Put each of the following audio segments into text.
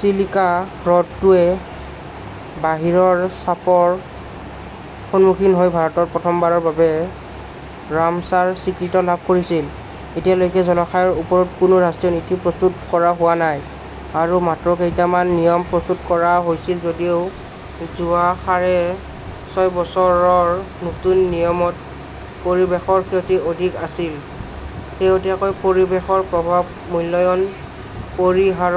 চিলিকা হ্ৰদটোৱে বাহিৰৰ চাপৰ সন্মুখীন হৈ ভাৰতত প্ৰথমবাৰৰ বাবে ৰামছাৰ স্বীকৃত লাভ কৰিছিল, এতিয়ালৈকে জলাশয়ৰ ওপৰত কোনো ৰাষ্ট্ৰীয় নীতি প্ৰস্তুত কৰা হোৱা নাই। আৰু মাত্ৰ কেইটামান নিয়ম প্ৰস্তুত কৰা হৈছিল, যদিও যোৱা সাঢ়ে ছয় বছৰৰ নতুন নিয়মত পৰিৱেশৰ ক্ষতি অধিক আছিল, শেহতীয়াকৈ পৰিৱেশৰ প্ৰভাৱ মূল্যায়ন পৰিহাৰ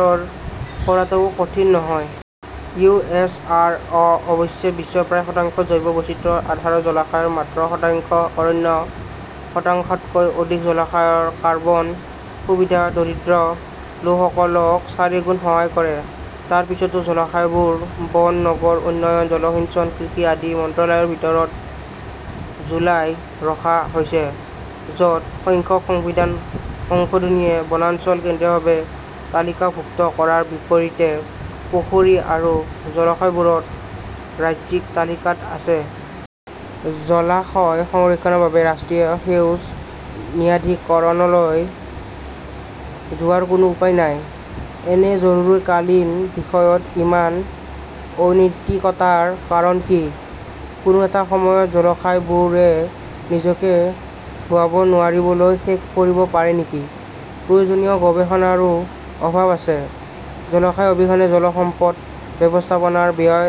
কৰাটোও কঠিন নহয়। ইউ. এছ. আৰ. অ. অৱশ্যে, বিশ্বৰ প্ৰায় শতাংশ জৈৱ বৈচিত্ৰ্যৰ আধাৰ জলাশয়, মাত্ৰ শতাংশ অৰণ্য, শতাংশকৈ অধিক জলাশয়ৰ কাৰ্বন সুবিধা, দৰিদ্ৰ লোকসকলক চাৰিগুণ সহায় কৰে। তাৰ পিছতো জলাশয়বোৰ বন, নগৰ উন্নয়ন, জলসিঞ্চন, কৃষি আদি মন্ত্ৰালয়ৰ ভিতৰত ঝুলাই ৰখা হৈছে, য 'ত সংখ্যক সংবিধান সংশোধনীয়ে বনাঞ্চল কেন্দ্ৰীয়ভাৱে তালিকাভুক্ত কৰাৰ বিপৰীতে পুখুৰী আৰু জলাশয়বোৰৰ ৰাজ্যিক তালিকাত আছে। জলাশয় সংৰক্ষণৰ বাবে ৰাষ্ট্ৰীয় সেউজ ন্যায়াধিকৰণলৈ যোৱাৰ কোনো উপায় নাই। এনে জৰুৰীকালীন বিষয়ত ইমান অনৈতিকতাৰ কাৰণ কি? কোনো এটা সময়ত জলাশয়বোৰে নিজকে ধোঁৱাব নোৱাৰিবলৈ শেষ কৰিব পাৰে নেকি? প্ৰয়োজনীয় গৱেষণাৰো অভাৱ আছে। জলাশয় অবিহনে জল সম্পদ ব্যৱস্থাপনাৰ ব্যয়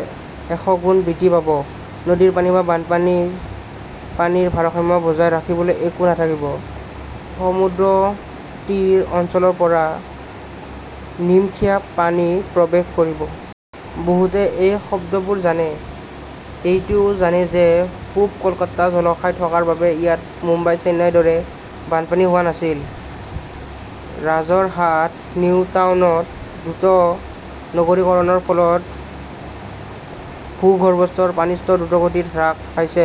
এশগুণ বৃদ্ধি পাব, নদীৰ পানী বা বানপানীৰ পানীৰ ভাৰসাম্য বজাই ৰাখিবলৈ একো নাথাকিব, সমুদ্ৰতীৰৰ অঞ্চলৰ পৰা নিমখীয়া পানী প্ৰৱেশ কৰিব। বহুতে এই শব্দবোৰ জানে। এইটোও জানে যায় যে পূব কলকাতা জলাশয় থকাৰ বাবে ইয়াত মুম্বাই-চেন্নাইৰ দৰে বানপানী হোৱা নাছিল, ৰাজৰহাট-নিউটাউনত দ্ৰুত নগৰীকৰণৰ ফলত ভূগৰ্ভস্থ পানীৰ স্তৰ দ্ৰুতগতিত হ্ৰাস পাইছে,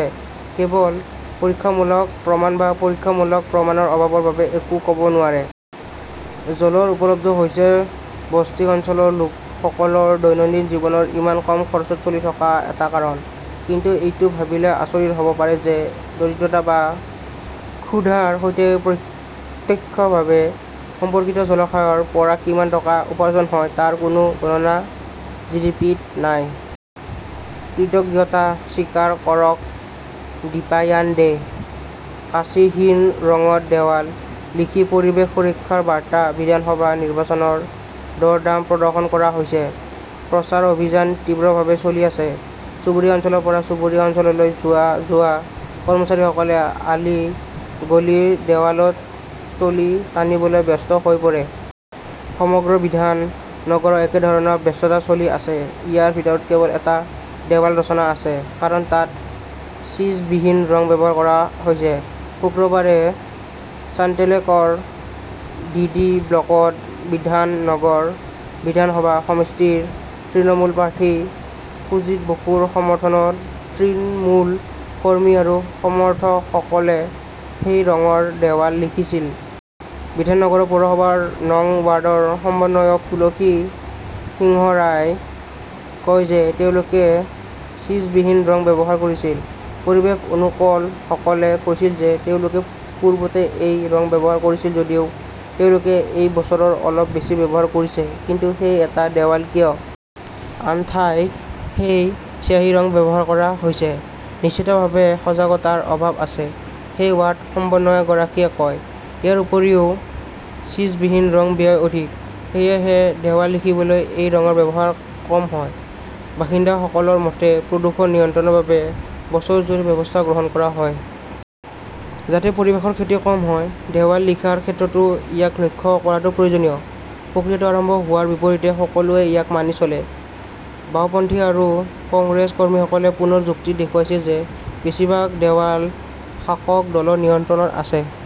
কেৱল 'পৰীক্ষামূলক প্ৰমাণ বা পৰীক্ষামূলক প্ৰমাণৰ অভাৱৰ বাবে একো ক'ব নোৱাৰে। জলৰ উপলব্ধতা হৈছে বস্তি অঞ্চলৰ লোকসকলৰ দৈনন্দিন জীৱন ইমান কম খৰচত চলি থকাৰ এটা কাৰণ। কিন্তু এইটো ভাবিলে আচৰিত হ'ব পাৰে যে দৰিদ্ৰতা বা ক্ষুধাৰ সৈতে প্ৰত্যক্ষভাৱে সম্পৰ্কিত জলাশয়ৰ পৰা কিমান টকা উপাৰ্জন হয় তাৰ কোনো গণনা জিডিপি-ত নাই। কৃতজ্ঞতা স্বীকাৰ কৰক দীপায়ান দে। কাঁচিহীন ৰঙত দেৱাল লিখি পৰিৱেশ সুৰক্ষাৰ বাৰ্তা বিধানসভা নিৰ্বাচনৰ দৰদাম প্ৰদৰ্শন কৰা হৈছে। প্ৰচাৰ অভিযান তীব্ৰভাৱে চলি আছে। চুবুৰীয়া অঞ্চলৰ পৰা চুবুৰীয়া অঞ্চললৈ যোৱা-যোৱা কৰ্মচাৰীসকলে আলি-গলিৰ দেৱালত টলি টানিবলৈ ব্যস্ত হৈ পৰে। সমগ্ৰ বিধান নগৰত একেধৰণৰ ব্যস্ততা চলি আছে। ইয়াৰ ভিতৰত কেৱল এটা দেৱাল ৰচনা আছে। কাৰণ, তাত ছিছবিহীন ৰং ব্যৱহাৰ কৰা হৈছে। শুক্ৰবাৰে চাল্টলেকৰ ডিডি ব্লকত, বিধাননগৰ বিধানসভা সমষ্টিৰ তৃণমূল প্ৰাৰ্থী সুজিত বসুৰ সমৰ্থনত তৃণমূল কৰ্মী আৰু সমৰ্থকসকলে সেই ৰঙৰ দেৱাল লিখিছিল। বিধাননগৰ পৌৰসভাৰ নং ৱাৰ্ডৰ সমন্বয়ক তুলসী সিংহৰাই কয় যে তেওঁলোকে ছিছবিহীন ৰং ব্যৱহাৰ কৰিছিল। পৰিৱেশ অনুকূলসকলে কৈছিল যে তেওঁলোকে পূৰ্বতে এই ৰং ব্যৱহাৰ কৰিছিল যদিও তেওঁলোকে এই বছৰ অলপ বেছি ব্যৱহাৰ কৰিছে। কিন্তু সেই এটা দেৱাল কিয়? আন ঠাইত সেই চিয়াঁহী ৰং ব্যৱহাৰ কৰা হৈছে। নিশ্চিতভাৱে সজাগতাৰ অভাৱ আছে, সেই ৱাৰ্ড সমন্বয়কগৰাকীয়ে কয়। ইয়াৰ উপৰিও, ছিছবিহীন ৰঙৰ ব্যয় অধিক। সেয়েহে দেৱাল লিখিবলৈ এই ৰঙৰ ব্যৱহাৰ কম হয়। বাসিন্দাসকলৰ মতে, প্ৰদূষণ নিয়ন্ত্ৰণৰ বাবে বছৰজুৰি ব্যৱস্থা গ্ৰহণ কৰা হয়। যাতে পৰিৱেশৰ ক্ষতি কম হয়, দেৱাল লিখাৰ ক্ষেত্ৰতো ইয়াক লক্ষ্য কৰাটো প্ৰয়োজনীয়। প্ৰক্ৰিয়াটো আৰম্ভ হোৱাৰ বিপৰীতে সকলোৱে ইয়াক মানি চলে। বাওঁপন্থী আৰু কংগ্ৰেছ কৰ্মীসকলে পুনৰ যুক্তি দেখুৱাইছে যে বেছিভাগ দেৱাল শাসক দলৰ নিয়ন্ত্ৰণত আছে।